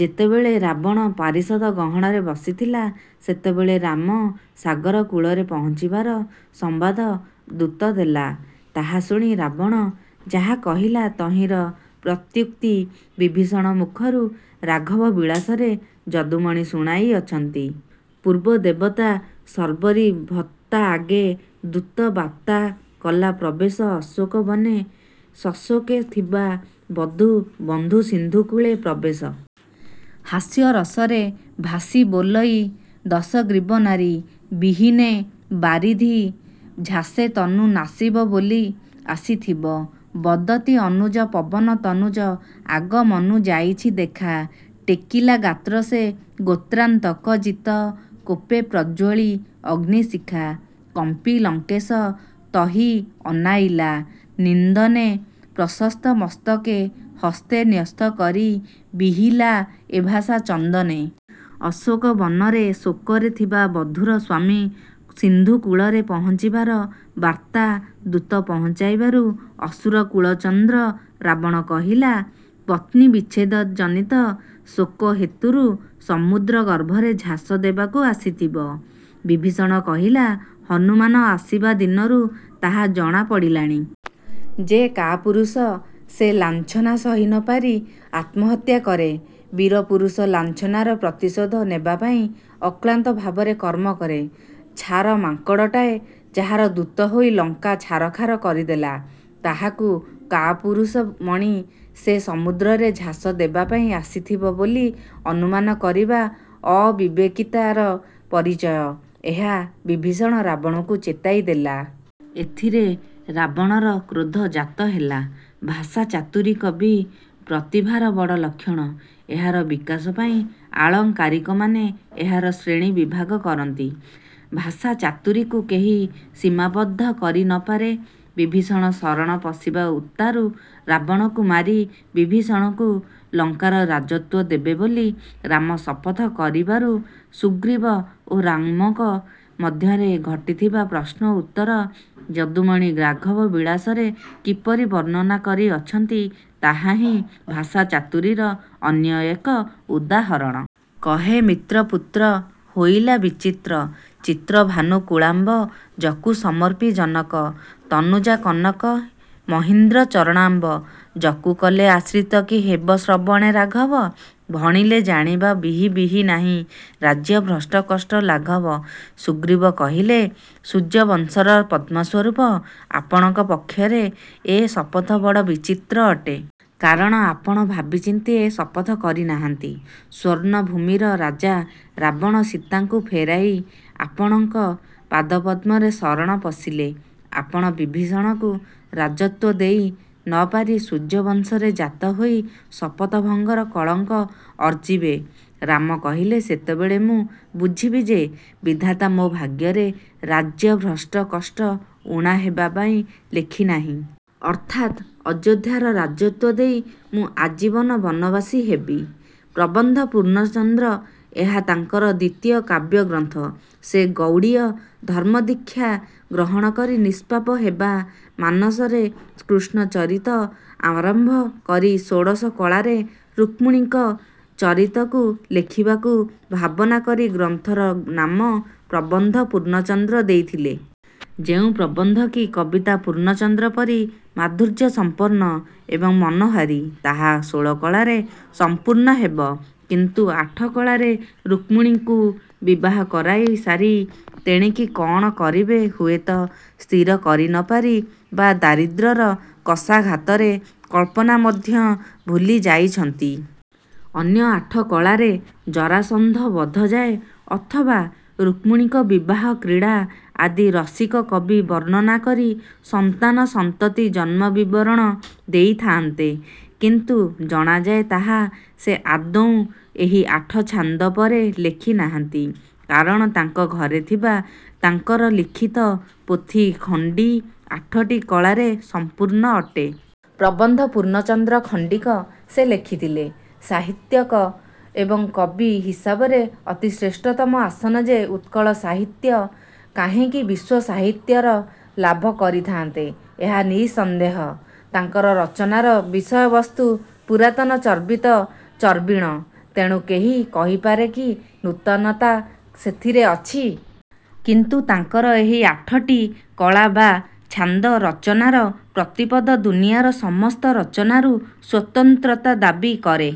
ଯେତେବେଳେ ରାବଣ ପାରିଷଦଗହଣରେ ବସିଥିଲା ସେତେବେଳେ ରାମ ସାଗରକୂଳରେ ପହଞ୍ଚିବାର ସମ୍ବାଦ ଦୂତ ଦେଲା। ତାହା ଶୁଣି ରାବଣ ଯାହା କହିଲା ତହିଁର ପ୍ରତ୍ୟୁକ୍ତି ବିଭୀଷଣ ମୁଖରୁ ''ରାଘବ ବିଳାସ" ରେ ଯଦୁମଣି ଶୁଣାଇଅଛନ୍ତି- ପୂର୍ବ ଦେବତା ଶର୍ବରୀ ଭର୍ତ୍ତା ଆଗେ ଦୂତ ବାତ୍ତା କଲା ପ୍ରବେଶ ଅଶୋକ ବନେ ସଶୋକେ ଥିବା ବଧୂ− ବନ୍ଧୁ ସିନ୍ଧୁ କୂଳେ ପ୍ରବେଶ। ହାସ୍ୟ ରସରେ - ଭାସି ବୋଲଇ ଦଶଗ୍ରୀବ ନାରୀ ବିହୀନେ ବାରିଧି−ଝାସେ ତନୁ ନାଶିବ ବୋଲି ଆସିଥିବ। ବଦତି ଅନୁଜ ପବନ ତନୁଜ ଆଗମନୁ ଯାଇଛି ଦେଖା ଟେକିଲା ଗାତ୍ର ସେ ଗୋତ୍ରାନ୍ତକ ଜିତ କୋପେ ପ୍ରଜ୍ୱଳି ଅଗ୍ନିଶିଖା। କମ୍ପି ଲଙ୍କେଶ ତହି ଅନାଇଲା ନିନ୍ଦନେ ପ୍ରଶସ୍ତ ମସ୍ତକେ ହସ୍ତେ ନ୍ୟସ୍ତ କରି ବିହିଲା ଏ ଭାଷା ଚନ୍ଦନେ। ଅଶୋକ ବନରେ ଶୋକରେ ଥିବା ବଧୂର ସ୍ୱାମୀ ସିନ୍ଧୁକୂଳରେ ପହଞ୍ଚିବାର ବାର୍ତ୍ତା ଦୁତ ପହଞ୍ଚାଇବାରୁ ଅସୁର କୁଳଚନ୍ଦ୍ର ରାବଣ କହିଲା, 'ପତ୍ନୀ ବିଚ୍ଛେଦଜନିତ ଶୋକ ହେତୁରୁ ସମୁଦ୍ର ଗର୍ଭରେ ଝାସ ଦେବାକୁ ଆସିଥିବ। ' ବିଭୀଷଣ କହିଲା ''ହନୁମାନ ଆସିବା ଦିନରୁ ତାହା ଜଣା ପଡ଼ିଲାଣି। " ଯେ କାପୁରୁଷ, ସେ ଲାଞ୍ଛନା ସହି ନ ପାରି ଆତ୍ମହତ୍ୟା କରେ। ବୀର ପୁରୁଷ ଲାଞ୍ଛନାର ପ୍ରତିଶୋଧ ନେବାପାଇଁ ଅକ୍ଲାନ୍ତ ଭାବରେ କର୍ମ କରେ। ଛାର ମାଙ୍କଡ଼ଟାଏ ଯାହାର ଦୂତ ହୋଇ ଲଙ୍କା ଛାରଖାର କରିଦେଲା, ତାହାକୁ କାପୁରୁଷ ମଣି ସେ ସମୁଦ୍ରରେ ଝାସ ଦେବା ପାଇଁ ଆସିଥିବ ବୋଲି ଅନୁମାନ କରିବା ଅବିବେକିତାର ପରିଚୟ-ଏହା ବିଭୀଷଣ ରାବଣକୁ ଚେତାଇ ଦେଲା। ଏଥିରେ ରାବଣର କ୍ରୋଧ ଜାତ ହେଲା। ଭାଷା ଚାତୁରୀ କବି ପ୍ରତିଭାର ବଡ଼ ଲକ୍ଷଣ। ଏହାର ବିକାଶ ପାଇଁ ଆଳଙ୍କାରିକମାନେ ଏହାର ଶ୍ରେଣୀ ବିଭାଗ କରନ୍ତି। ଭାଷା ଚାତୁରୀକୁ କେହି ସୀମାବଦ୍ଧ କରି ନ ପାରେ। ବିଭୀଷଣ ଶରଣ ପଶିବା ଉତ୍ତାରୁ ରାବଣକୁ ମାରି ବିଭୀଷଣକୁ ଲଙ୍କାର ରାଜତ୍ୱ ଦେବେ ବୋଲି ରାମ ଶପଥ କରିବାରୁ ସୁଗ୍ରୀବ ଓ ରାମଙ୍କ ମଧ୍ୟରେ ଘଟିଥିବା ପ୍ରଶ୍ନୋତ୍ତର ଯଦୁମଣି 'ରାଘବ ବିଳାସ'ରେ କିପରି ବର୍ଣ୍ଣନା କରି ଅଛନ୍ତି, ତାହାହିଁ ଭାଷା ଚାତୁରୀର ଅନ୍ୟ ଏକ ଉଦାହରଣ। କହେ ମିତ୍ର ପୁତ୍ର ହୋଇଲା ବିଚିତ୍ର ଚିତ୍ରଭାନୁ କୁଳାମ୍ବ ଜକୁ ସମର୍ପି ଜନକ−ତନୁଜା କନକ− ମହୀନ୍ଦ୍ର ଚରଣାମ୍ବ ଜକୁ କଲେ ଆଶ୍ରିତ କି ହେବ ଶ୍ରବଣେ ରାଘବ, ଭଣିଲେ ଜାଣିବା ବିହି ବିହି ନାହିଁ ରାଜ୍ୟ ଭ୍ରଷ୍ଟ କଷ୍ଟ ଲାଘବ। ସୁଗ୍ରୀବ କହିଲେ- ''ସୂର୍ଯ୍ୟବଂଶର ପଦ୍ମସ୍ୱରୁପ ଆପଣଙ୍କ ପକ୍ଷରେ ଏ ଶପଥ ବଡ଼ ବିଚିତ୍ର ଅଟେ। କାରଣ ଆପଣ ଭାବି ଚିନ୍ତି ଏ ଶପଥ କରିନାହାନ୍ତି। ସ୍ୱର୍ଣ୍ଣଭୂମିର ରାଜା ରାବଣ ସୀତଙ୍କୁ ଫେରାଇ ଆପଣଙ୍କ ପାଦପଦ୍ମରେ ଶରଣ ପଶିଲେ ଆପଣ ବିଭୀଷଣକୁ ରାଜତ୍ୱ ଦେଇ ନ ପାରି ସୂର୍ଯ୍ୟବଂଶରେ ଜାତ ହୋଇ ଶପଥ−ଭଙ୍ଗର କଳଙ୍କ ଅର୍ଜିବେ। "ରାମ କହିଲେ, ''ସେତେବେଳେ ମୁଁ ବୁଝିବି ଯେ, ବିଧାତା ମୋ ଭାଗ୍ୟରେ ରାଜ୍ୟଭ୍ରଷ୍ଟ−କଷ୍ଟ ଊଣା ହେବା ପାଇଁ ଲେଖିନାହିଁ। ଅର୍ଥାତ୍ ଅଯୋଧ୍ୟାର ରାଜତ୍ୱ ଦେଇ ମୁଁ ଆଜୀବନ ବନବାସୀ ହେବି। " ପ୍ରବନ୍ଧ ପୂର୍ଣ୍ଣଚନ୍ଦ୍ର ଏହା ତାଙ୍କର ଦ୍ୱିତୀୟ କାବ୍ୟଗ୍ରନ୍ଥ। ସେ ଗୌଡ଼ୀୟ ଧର୍ମ୍ମଦୀକ୍ଷା ଗ୍ରହଣ କରି ନିଷ୍ପାପ ହେବା ମାନସରେ କୃଷ୍ଣ ଚରିତ ଆରମ୍ଭ କରି ଷୋଡ଼ଶ କଳାରେ ଋକ୍ମିଣୀଙ୍କ ଚରିତକୁ ଲେଖିବାକୁ ଭାବନା କରି ଗ୍ରନ୍ଥର ନାମ ପ୍ରବନ୍ଧ ପୂର୍ଣ୍ଣଚନ୍ଦ୍ର ଦେଇଥିଲେ। ଯେଉଁ ପ୍ରବନ୍ଧ କି କବିତା ପୂର୍ଣ୍ଣଚନ୍ଦ୍ର ପରି ମାଧୁର୍ଯ୍ୟସମ୍ପନ୍ନ ଏବଂ ମନୋହାରୀ, ତାହା ଷୋଳ କଳାରେ ସଂପୂର୍ଣ୍ଣ ହେବ। କିନ୍ତୁ ଆଠ କଳାରେ ରୁକ୍ମଣୀଙ୍କୁ ବିବାହ କରାଇ ସାରି ତେଣିକି କଣ କରିବେ ହୁଏତ ସ୍ଥିର କରି ନ ପାରି ବା ଦାରିଦ୍ର୍ୟର କଷାଘାତରେ କଳ୍ପନା ମଧ୍ୟ ଭୁଲି ଯାଇଛନ୍ତି। ଅନ୍ୟ ଆଠ କଳାରେ ଜରାସନ୍ଧ ବଧଯାଏ ଅଥବା ରୁକ୍ମଣୀଙ୍କ ବିହାର କ୍ରୀଡ଼ା ଆଦି ରସିକ କବି ବର୍ଣ୍ଣନା କରି ସନ୍ତାନସନ୍ତତି ଜନ୍ମ ବିବରଣ ଦେଇଥାନ୍ତେ-। କିନ୍ତୁ ଜଣାଯାଏ ତାହା ସେ ଆଦୌ ଏହି ଆଠ ଛାନ୍ଦ ପରେ ଲେଖି ନାହାନ୍ତି। କାରଣ ତାଙ୍କ ଘରେ ଥିବା ତାଙ୍କ ଲିଖିତ ପୋଥି ଖଣ୍ଡି ଆଠଟି କଳାରେ ସଂପୂର୍ଣ୍ଣ ଅଟେ। ପ୍ରବନ୍ଧ ପୂର୍ଣ୍ଣଚନ୍ଦ୍ର ଖଣ୍ଡିକ ସେ ଲେଖିଥିଲେ, ସାହିତ୍ୟକ ଏବଂ କବି ହିସାବରେ ଅତି ଶ୍ରେଷ୍ଠତମ ଆସନ ଯେ ଉତ୍କଳ ସାହିତ୍ୟ କାହିଁକି ବିଶ୍ୱ ସାହିତ୍ୟରେ ଲାଭ କରିଥାନ୍ତେ, ଏହା ନିଃସନ୍ଦେହ। ତାଙ୍କର ରଚନାର ବିଷୟବସ୍ତୁ ପୁରାତନ ଚର୍ବିତ ଚର୍ବିଣ। ତେଣୁ କେହି କହିପାରେ କି ନୂତନତା ସେଥିରେ ଅଛି? କିନ୍ତୁ ତାଙ୍କର ଏହି ଆଠଟି କଳା ବା ଛାନ୍ଦ ରଚନାର ପ୍ରତିପଦ ଦୁନିଆର ସମସ୍ତ ରଚନାରୁ ସ୍ୱତନ୍ତ୍ରତା ଦାବି କରେ।